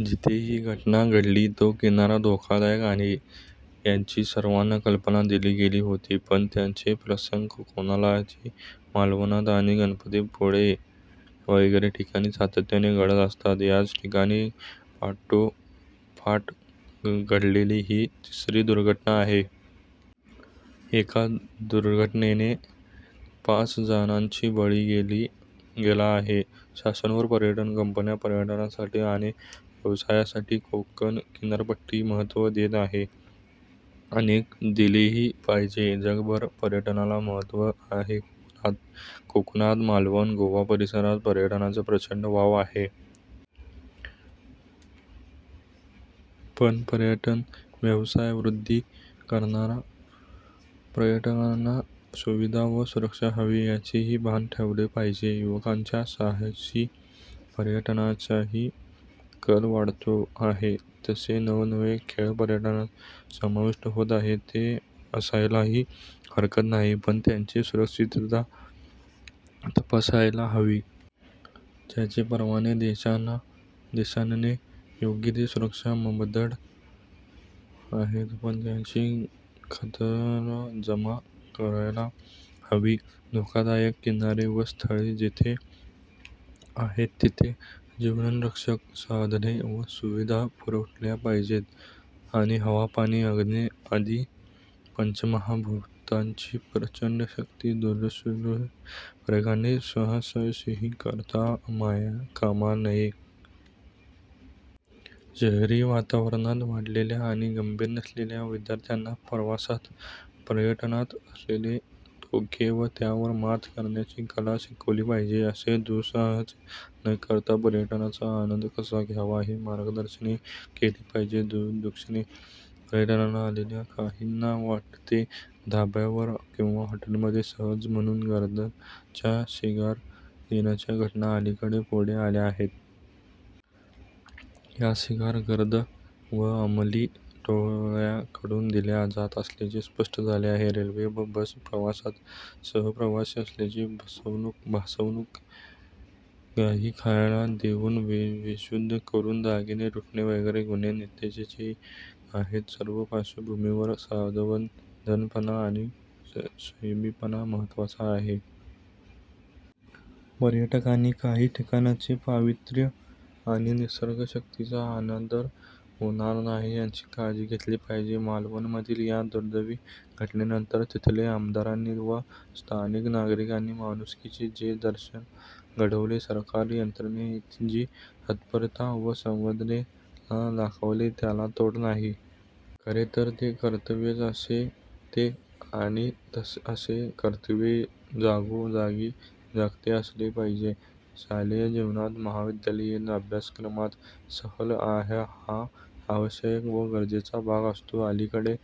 जिथे ही घटना घडली तो किनारा धोकादायक आहे यांची सर्वांना कल्पना दिली गेली होती. पण, असे प्रसंग कोकणातील मालवणात आणि गणपती पुळे वगैरे ठिकाणी सातत्याने घडत असतात. याच ठिकाणी पाठोपाठ घडलेली ही तिसरी दुर्घटना आहे. एका दुर्घटनेत पाच जणांचा बळी गेला आहे. शासन व पर्यटन कंपन्या पर्यटनासाठी आणि व्यवसायासाठी कोकण किनारपट्टीला महत्त्व देत आहेत आणि दिलेही पाहिजे. जगभर पर्यटनाला महत्त्व आहे. कोकणात, मालवण गोवा-परिसरात पर्यटनाला प्रचंड वाव आहे. पण, पर्यटन व्यवसाय वृद्धी करताना पर्यटकांना सुविधा व सुरक्षा हवी याचेही भान ठेवले पाहिजे. युवकांच्यात साहसी पर्यटनाचाही कल वाढतो आहे. तसे नव-नवे खेळ पर्यटनात समाविष्ट होत आहेत. ते असायलाही हरकत नाही. पण, त्याची सुरक्षितता तपासायला हवी. त्याचे परवाने देताना शासनाने योग्य ते सुरक्षा मापदंड आहेत ना याची खातरजमा करायला हवी. धोकादायक किनारे व स्थळे जिथे आहेत तिथे जीवनरक्षक साधने व सुविधा पुरवल्या पाहिजेत आणि हवा, पाणी, अग्नी आदी पंचमहाभूतांची प्रचंड शक्ती दुर्लक्षून पर्यटकांनी दु:साहसही करता कामा नये. शहरी वातावरणात वाढलेल्या आणि गंभीर नसलेल्या विद्यार्थ्यांना प्रवासात, पर्यटनात असलेले धोके व त्यावर मात करण्याची कला शिकवली पाहिजे. असे दु:साहस न करता पर्यटनाचा आनंद कसा घ्यावा याचे मार्गदर्शनही केले पाहिजे. दक्षिणेत पर्यटनाला आलेल्या काहींना वाटेत धाब्यावर किंवा हॉटेलमध्ये सहज म्हणून गर्दच्या सिगार देण्याच्या घटना अलीकडेच पुढे आल्या आहेत. या सिगार गर्द व अमली टोळय़ाकडून दिल्या जात असल्याचे स्पष्ट झाले आहे. रेल्वे व बस प्रवासात सहप्रवासी असल्याचे भासवून काही खायला देऊन बेशुद्ध करून दागिने लुटणे वगैरे गुन्हे नित्याचेच आहेत. या सर्व पार्श्वभूमीवर सावधपणा आणि संयमीपणा महत्त्वाचा आहे. पर्यटकांनी काही ठिकाणचे पावित्र्य आणि निसर्ग शक्तीचा अनादर होणार नाही याची काळजी घेतली पाहिजे. मालवणमधील या दुर्दैवी घटनेनंतर तेथील आमदारांनी व स्थानिक नागरिकांनी माणुसकीचे जे दर्शन घडवले, सरकारी यंत्रणेने जी तत्परता व संवेदना दाखवली त्याला तोड नाही. खरे तर ते कर्तव्यच असते आणि असे कर्तव्य जागोजागी जागते असले पाहिजे. शालेय जीवनात महाविद्यालयीन अभ्यासक्रमात सहल हा आवश्यक व गरजेचा भाग असतो. अलीकडे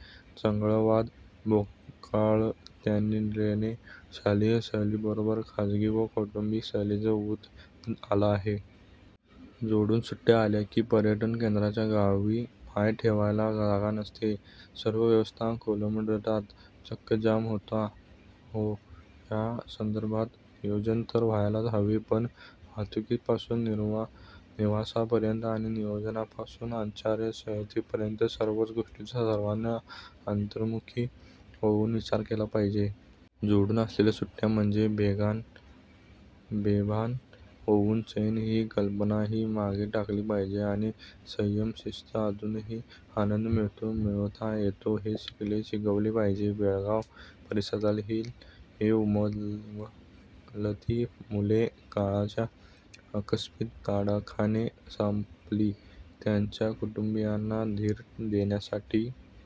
चंगळवाद बोकाळल्याने शालेय सहलीबरोबरच खासगी व कौटुंबिक सहलींना ऊत आला आहे. जोडून सुट्टय़ा आल्या की पर्यटन केंद्राच्या गावी पाय ठेवायला जागा नसते. सर्व व्यवस्था कोलमडतात. चक्काजाम होतो या संदर्भाने नियोजन तर व्हायलाच हवे. पण, वाहतुकीपासून निवासापर्यंत आणि नियोजनापासून आचारसंहितेपर्यंत सर्वच गोष्टीचा सर्वांनी अंतर्मुख होऊन विचार केला पाहिजे. जोडून आलेल्या सुट्टय़ा म्हणजे बेभान होऊन चैन ही कल्पनाही मागे टाकली पाहिजे आणि संयम, शिस्त यातूनही आनंद मिळतो, मिळवता येतो हे शिकले-शिकवले पाहिजे. बेळगाव परिसरातील ही उमलती मुले काळाच्या आकस्मिक तडाख्याने संपली. त्यांच्या कुटुंबीयांना धीर देण्यासाठी--